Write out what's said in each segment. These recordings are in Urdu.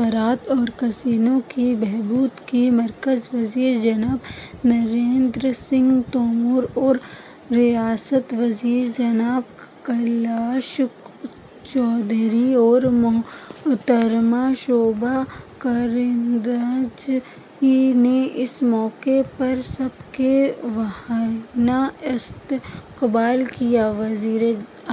زراعت اور کسانوں کی بہبود کے مرکزی وزیر جناب نریندر سنگھ تومر اور ریاستی وزراء جناب کیلاش چودھری اور محترمہ شوبھا کراندلاجے نے اس موقع پر سب کا والہانہ استقبال کیا۔ وزیر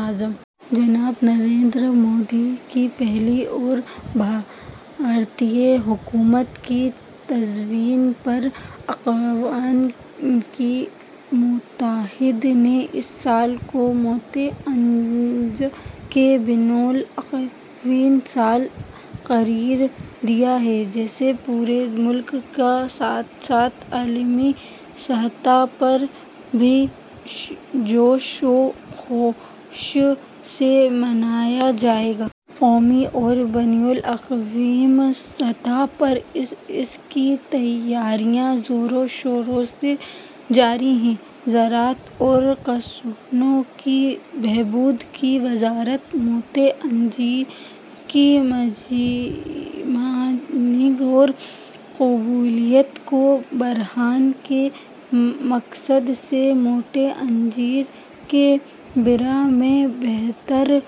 اعظم جناب نریندر مودی کی پہل اور بھارتی حکومت کی تجویز پر اقوام متحدہ نے اس سال کو موٹے اناج کا بین الاقوامی سال قرار دیا ہے، جسے پورے ملک کے ساتھ ساتھ عالمی سطح پر بھی جوش و خروش سے منایا جائے گا۔ قومی اور بین الاقوامی سطح پر اس کی تیاریاں زور و شور سے جاری ہیں۔ زراعت اور کسانوں کی بہبود کی وزارت موٹے اناج کی مانگ اور قبولیت کو بڑھانے کے مقصد سے موٹے اناج کے بارے میں بیداری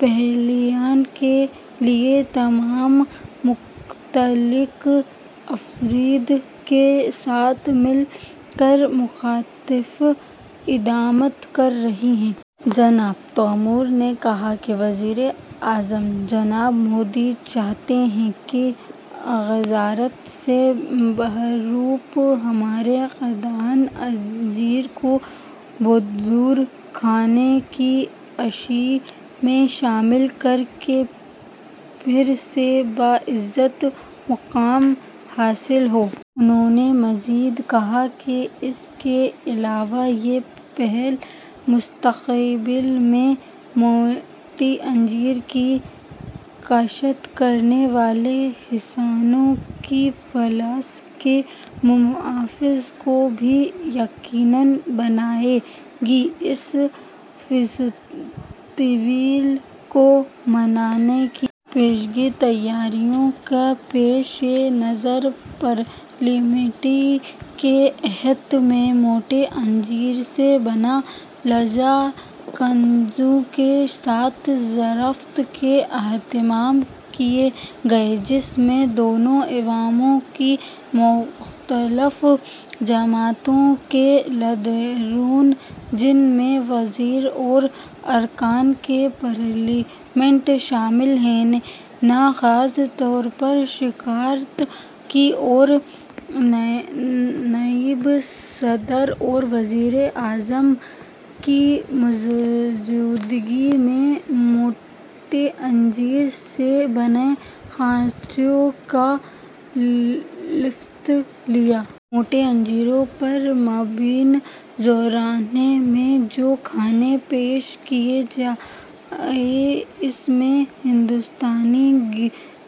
پھیلانے کے لیے تمام متعلقہ افراد کے ساتھ مل کر مختلف اقدامات کر رہی ہے۔ جناب تومر نے کہا کہ وزیر اعظم جناب مودی چاہتے ہیں کہ غذائیت سے بھرپور ہمارے قدیم اناج کو دوبارہ کھانے کی اشیا میں شامل کر کے پھر سے باعزت مقام حاصل ہو۔ انہوں نے مزید کہا کہ اس کے علاوہ یہ پہل مستقبل میں موٹے اناج کی کاشت کرنے والے کسانوں کی فصل کے منافع کو بھی یقینی بنائے گی۔ اس فیسٹیول کو منانے کی پیشگی تیاریوں کے پیش نظر پارلیمنٹ کے احاطے میں موٹے اناج سے بنے لذیذ کھانوں کے ساتھ ضیافت کا اہتمام کیا گیا، جس میں دونوں ایوانوں کی مختلف جماعتوں کے لیڈروں، جن میں وزراء اور ارکان پارلیمنٹ شامل ہیں، نے خاص طور پر شرکت کی اور نائب صدر اور وزیر اعظم کی موجودگی میں موٹے اناج سے بنے کھانوں کا لطف لیا۔ موٹے اناج پر مبنی ظہرانے میں جو کھانا پیش کیا گیا اس میں ہندوستانی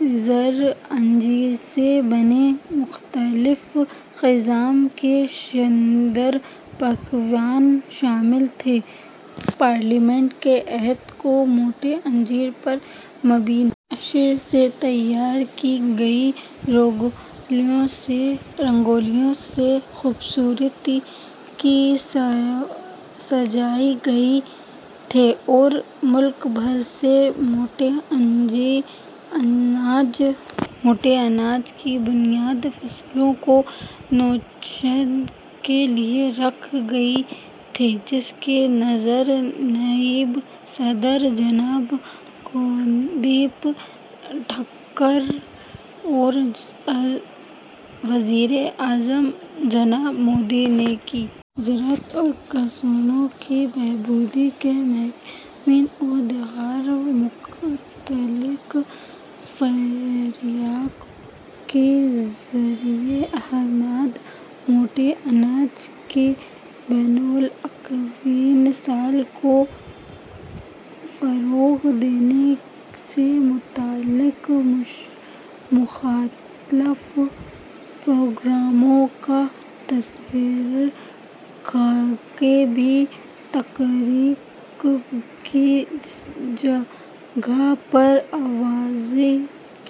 غذائی اناج سے بنے مختلف قسم کے شاندار پکوان شامل تھے۔ پارلیمنٹ کے احاطے کو موٹے اناج پر مبنی اشیاء سے تیار کی گئی رنگولیوں سے خوبصورتی سے سجایا گیا تھا اور ملک بھر سے موٹے اناج کی بنیادی فصلوں کو نمائش کے لیے رکھا گیا تھا، جس کا نظارہ نائب صدر جناب جگدیپ دھنکھڑ اور وزیر اعظم جناب مودی نے کیا۔ زراعت اور کسانوں کی بہبود کے محکمے اور دیگر متعلقہ فریقوں کے زیر اہتمام موٹے اناج کے بین الاقوامی سال کو فروغ دینے سے متعلق مختلف پروگراموں کا تصویری خاکہ بھی تقریب کی جگہ پر آویزاں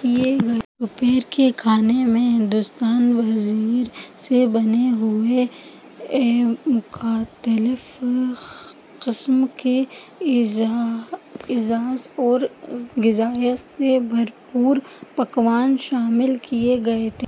کیا گیا۔ دوپہر کے کھانے میں ہندوستانی باجرے سے بنے ہوئے مختلف قسم کے لذیذ اور غذائیت سے بھرپور پکوان شامل کیے گئے تھے۔